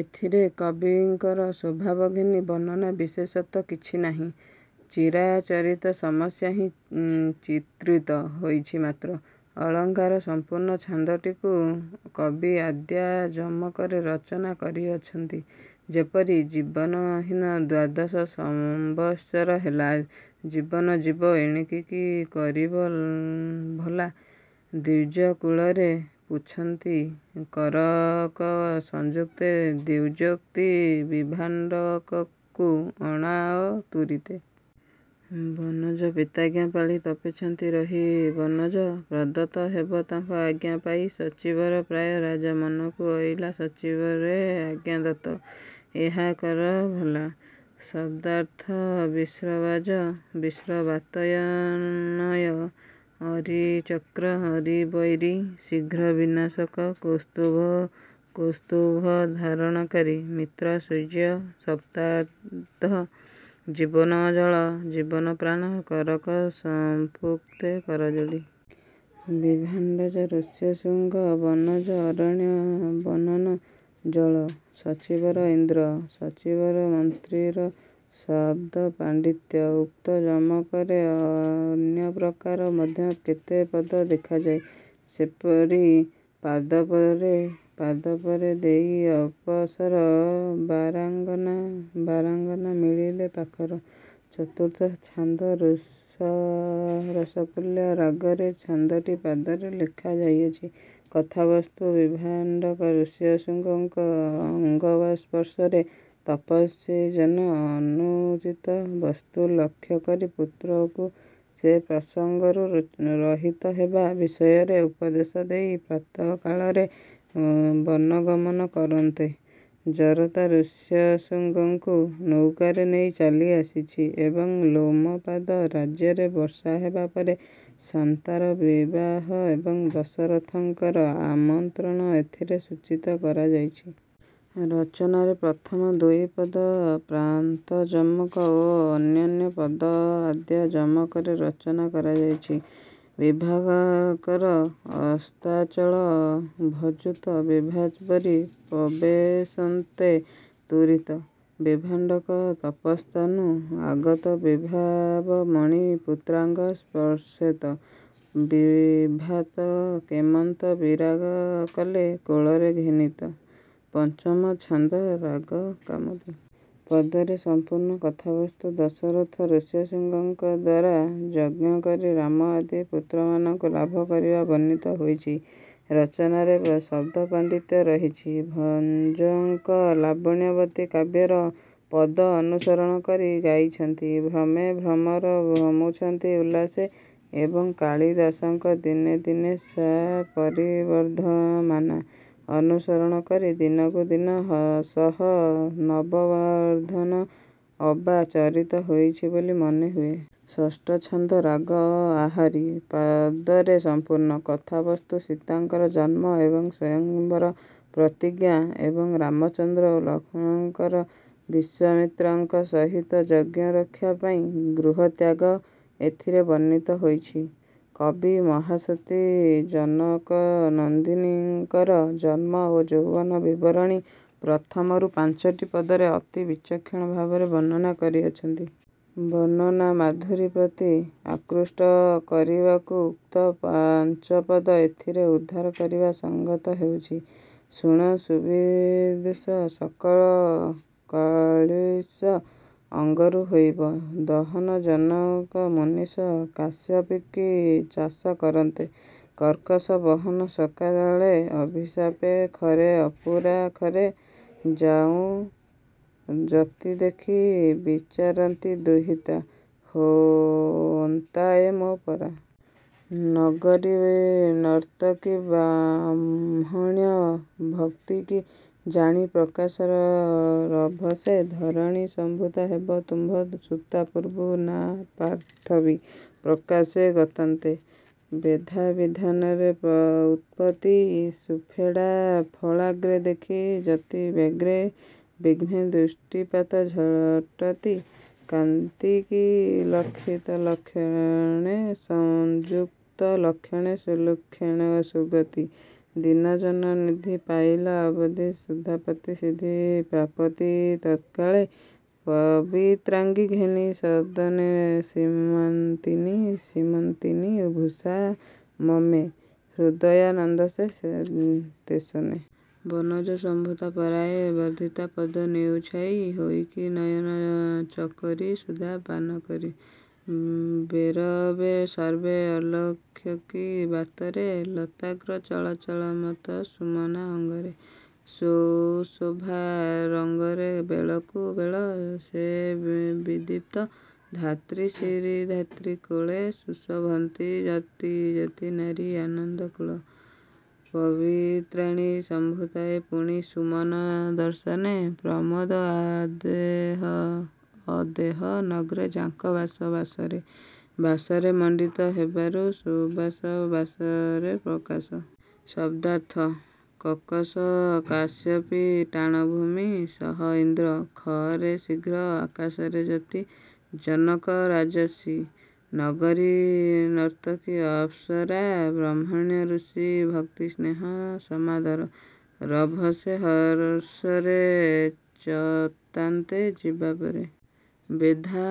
ଏଥିରେ କବିଙ୍କର ସ୍ୱଭାବଘେନି ବର୍ଣ୍ଣନା ବିଶେଷତ୍ୱ କିଛି ନାହିଁ। ଚିରାଚରିତ ସମସ୍ୟା ହିଁ ଚିତ୍ରିତ ହୋଇଛି ମାତ୍ର। ଅଳଙ୍କାର-ସଂପୂର୍ଣ୍ଣ ଛାନ୍ଦଟିକୁ କବି ଆଦ୍ୟ ଯମକରେ ରଚନା କରିଅଛନ୍ତି। ଯେପରି- ଜୀବନହୀନ ଦ୍ୱାଦଶ ସମ୍ୱତ୍ସର ହେଲା ଜୀବନ ଯିବ ଏଣିକି କି କରିବ ଭଲା। ଦ୍ୱିଜକୁଳରେ ପୁଚ୍ଛନ୍ତି କରକ ସଂଯୁକ୍ତେ ଦ୍ୱିଜୋକ୍ତି ବିଭାଣ୍ଡକକୁ ଅଣାଅ ତୁରିତେ। ବନଜ ପିତାଜ୍ଞା ପାଳି ତପେଛନ୍ତି ରହି ବନଜ ପ୍ରଦତ୍ତ ହେବ ତାଙ୍କ ଆଜ୍ଞା ପାଇ। ଶଚିବର ପ୍ରାୟ ରାଜା ମନକୁ ଅଇଲା ସଚୀବରେ ଆଜ୍ଞାଦତ୍ତ ଏହା କର ଭଲା। ଶବ୍ଦାର୍ଥ। ବିଶ୍ରବାଜ-ବିଶ୍ରବାତନୟ। ଅରି-ଚକ୍ର। ଅରି-ବୈରୀ, ଶୀଘ୍ର ବିନାଶକ। କୌସ୍ତ୍ୱଭୂ-କୌସ୍ତୁଭଧାରଣକାରୀ। ମିତ୍ର-ସୂର୍ଯ୍ୟ। ଶବ୍ଦାର୍ଥ। ଜୀବନ-ଜଳ। ଜୀବନ-ପ୍ରାଣ। କରକ ସଂପୁକ୍ତେ-କରଯୋଡ଼ି। ବିଭାଣ୍ଡଜ-ଋଷ୍ୟଶୃଙ୍ଗ। ବନଜ-ଅରଣ୍ୟ। ବନନ-ଜଳ। ଶଚିବର-ଇନ୍ଦ୍ର। ସଚୀବବ- ମନ୍ତ୍ରୀର। ଶବ୍ଦ ପାଣ୍ଡିତ୍ୟ- ଉକ୍ତ ଯମକରେ ଅନ୍ୟ ପ୍ରକାର ମଧ୍ୟ କେତେ ପଦ ଦେଖାଯାଏ। ସେପରି- ପାଦପରେ ପାଦପରେ ଦେଇ ଅପସର ବାରାଙ୍ଗନା ବାରାଙ୍ଗନା ମିଳିଲେ ପାଖର। ଚତୁର୍ଥ ଛାନ୍ଦ-ରସକୁଲ୍ୟା ରାଗରେ ଛାନ୍ଦଟି ପଦରେ ଲେଖା ଯାଇଅଛି। କଥାବସ୍ତୁ-ବିଭାଣ୍ଡକ ଋଷ୍ୟଶୃଙ୍ଗଙ୍କ ଅଙ୍ଗସ୍ପର୍ଶରେ ତପସ୍ୱୀଜନ ଅନୁଚିତ ବସ୍ତୁ ଲକ୍ଷ୍ୟ କରି ପୁତ୍ରକୁ ସେ ପ୍ରସଙ୍ଗରୁ ରହିତ ହେବା ବିଷୟରେ ଉପଦେଶ ଦେଇ ପ୍ରାତଃକାଳରେ ବନଗମନ କରନ୍ତେ, ଜରତା ୠଷ୍ୟଶୃଙ୍ଗଙ୍କୁ ନୌକାରେ ନେଇ ଚାଲିଆସିଛି ଏବଂ ଲୋମପାଦ ରାଜ୍ୟରେ ବର୍ଷା ହେବା ପରେ ଶାନ୍ତାର ବିବାହ ଏବଂ ଦଶରଥଙ୍କର ଆମନ୍ତ୍ରଣ ଏଥିରେ ସୂଚିତ କରାଯାଇଛି। ରଚନାରେ ପ୍ରଥମ ଦୁଇ ପଦ ପ୍ରାନ୍ତଯମକ ଓ ଅନ୍ୟାନ୍ୟ ପଦ ଆଦ୍ୟ ଯମକରେ ରଚନା କରାଯାଇଛି। ବିଭାକର ଅସ୍ତାଚଳ ଭଜୁତ ବିଭାବରୀ ପବେଶନ୍ତେ ତୁରିତ ବିଭାଣ୍ଡକ ତପସ୍ଥାନୁ ଆଗତ ବିଭାବ ମଣି ପୁତ୍ରାଙ୍ଗ ସ୍ପର୍ଶେତ। ବିଭାତ କେମନ୍ତ ବିରାଗ କଲେ କୋଳରେ ଘେନିତ। ପଞ୍ଚମ ଛାନ୍ଦ-ରାଗ କାମୋଦି। ପଦରେ ସମ୍ପୂର୍ଣ୍ଣ। କଥାବସ୍ତୁ- ଦଶରଥ ଋଷ୍ୟଶୃଙ୍ଗଙ୍କଦ୍ୱାରା ଯଜ୍ଞ କରି ରାମ ଆଦି ପୁତ୍ରମାନଙ୍କୁ ଲାଭ କରିବା ବର୍ଣ୍ଣିତ ହୋଇଛି। ରଚନାରେ ଶବ୍ଦପାଣ୍ଡିତ୍ୟ ରହିଛି। ଭଞ୍ଜଙ୍କ ଲାବଣ୍ୟବତୀ କାବ୍ୟର ପଦ ଅନୁସରଣ କରି ଗାଇଛନ୍ତି- ''ଭ୍ରମେ ଭ୍ରମର ଭ୍ରମୁଛନ୍ତି ଉଲ୍ଲାସେ" ଏବଂ କାଳିଦାସଙ୍କ ''ଦିନେ ଦିନେ ସା ପରିବର୍ଦ୍ଧମାନା"ଅନୁସରଣ କରି ''ଦିନକୁ ଦିନ ସହ ନବ ବର୍ଦ୍ଧନ" ଅବା ରଚିତ ହୋଇଛି ବୋଲି ମନେ ହୁଏ। ଷଷ୍ଠ ଛାନ୍ଦ-ରାଗ ଆହାରୀ। ପଦରେ ସଂପୂର୍ଣ୍ଣ। କଥାବସ୍ତୁ-ସୀତାଙ୍କର ଜନ୍ମ ଏବଂ ସ୍ୱୟଂମ୍ବର ପ୍ରତିଜ୍ଞା ଏବଂ ରାମଚନ୍ଦ୍ର ଓ ଲକ୍ଷ୍ମଣଙ୍କର ବିଶ୍ୱାମିତ୍ରଙ୍କ ସହିତ ଯଜ୍ଞରକ୍ଷା ପାଇଁ ଗୃହତ୍ୟାଗ ଏଥିରେ ବର୍ଣ୍ଣିତ ହୋଇଛି। କବି ମହାସତୀ ଜନକନନ୍ଦିନୀଙ୍କର ଜନ୍ମ ଓ ଯୌବନ ବିବରଣୀ ପ୍ରଥମରୁ ପାଞ୍ଚଟି ପଦରେ ଅତି ବିଚକ୍ଷଣ ଭାବରେ ବର୍ଣ୍ଣନା କରିଅଛନ୍ତି। ବର୍ଣ୍ଣନାମାଧୁରୀ ପ୍ରତି ଆକୃଷ୍ଟ କରିବାକୁ ଉକ୍ତ ପାଞ୍ଚପଦ ଏଥିରେ ଉଦ୍ଧାର କରିବା ସଙ୍ଗତ ହେଉଛି- ''ଶୁଣ ସୁବିଦୁଷ ସକଳ କଳ୍ବିଷ ଅଙ୍ଗରୁ ହୋଇବ ଦହନ ଜନକ ମୁନୀଶ କାଶ୍ୟପୀକି ଚାଷ କରନ୍ତେ କର୍କଶ ବହନ ସକାଳେ, ସଭିଶାପେ ଖରେ ଅପୁରା ଖରେ ଯାଉଁ ଯତି ଦେଖି ବିଚାରନ୍ତି ଦୁହିତା ହୋନ୍ତାଏ ମୋ ପରା। ନଗରୀନର୍ତ୍ତକୀ ବ୍ରହ୍ମଣ୍ୟ ଭକ୍ତିକି ଜାଣି ପ୍ରକାଶର ରଭସେ ଧରଣୀ ସମ୍ଭୂତା ହେବ ତୁମ୍ଭ ସୁତା ପୂର୍ବୁ ନାଁ ପାର୍ଥବୀ ପ୍ରକାଶେ ଗତାନ୍ତେ। ବେଧା ବିଧାନରେ ଉତ୍ପତ୍ତି ସୁଫେଡ଼ା ଫଳାଗ୍ରେ ଦେଖି ଯତି ବ୍ୟଗ୍ରେ ବିଘ୍ନେ ଦୃଷ୍ଟିପାତ ଝଟତି। କାନ୍ତିକି ଲକ୍ଷିତ ଲକ୍ଷଣେ ସଂଯୁକ୍ତ ଲକ୍ଷଣେ ସୁକ୍ଷେଣ ସୁଗତି ଦୀନଜନ ନିଧି ପାଇଲା ଅବଧି ସୁଧାପତି ସିଦ୍ଧି ପ୍ରାପତି ତତ୍କାଳେ, ପବିତ୍ରାଙ୍ଗି ଘେନି ସଦନେ ସୀମନ୍ତିନୀ-ସୀମନ୍ତିନୀ ଭୂଷା ମମ୍ମେ 'ହୃଦୟାନନ୍ଦ ସେ ତେସନେ। ବନଜସମ୍ଭୂତା ପରାୟେ ବର୍ଦ୍ଧିତା ପଦ ନିଉଛାଇ ହୋଇକି ନୟନ ଚକୋରୀ ସୁଧା ପାନକରି ବେରବେ ସର୍ବେ ଅଲକ୍ଷକି ବାତରେ, ଲତାଗ୍ର ଚଳଚଳ ମତ ସୁମନା ଅଙ୍ଗରେ ସୁଶୋଭା ରଙ୍ଗରେ ବେଳକୁ ବେଳ ସେ ବିଦୀପ୍ତ। ଧାତ୍ରୀ ଶିରୀ ଧାତ୍ରୀ କୋଳେ ସୁଶୋଭନ୍ତି ଯତି ଯତି ନାରୀ ଆନନ୍ଦ କୂଳ ପବିତ୍ରାଣୀ ସମ୍ଭୂତା ଏ ପୁଣି ସୁମନା ଦର୍ଶନେ ପ୍ରମୋଦ ଅଦେହ, ଅଦେହ ନଗ୍ରେ ଯାଙ୍କ ବାସ ବାସରେ ବାସରେ ମଣ୍ଡିତ ହେବାରେ ସୁବାସ ବାସରେ ପ୍ରକାଶ। ଶଦ୍ଦାର୍ଥ। କକଶ କାଶ୍ୟପୀ - ଟାଣଭୂମି। ସଭ - ଇନ୍ଦ୍ର। 'ଖ' ରେ - ଶୀଘ୍ର, ଆକାଶରେ। ଯତି - ଜନକ ରାଜର୍ଷି। ନଗରୀନର୍ତ୍ତକୀ - ଅପ୍ସରା। ବ୍ରାହ୍ମଣ୍ୟ - ଋଷିଙ୍କ। ଭକ୍ତି - ସ୍ନେହ, ସମାଦର। ରଭସେ - ହର୍ଷରେ। ଚତାନ୍ତେ - ଯିବାପରେ। ବେଧା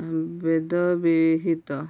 - ବେଦବିହିତ।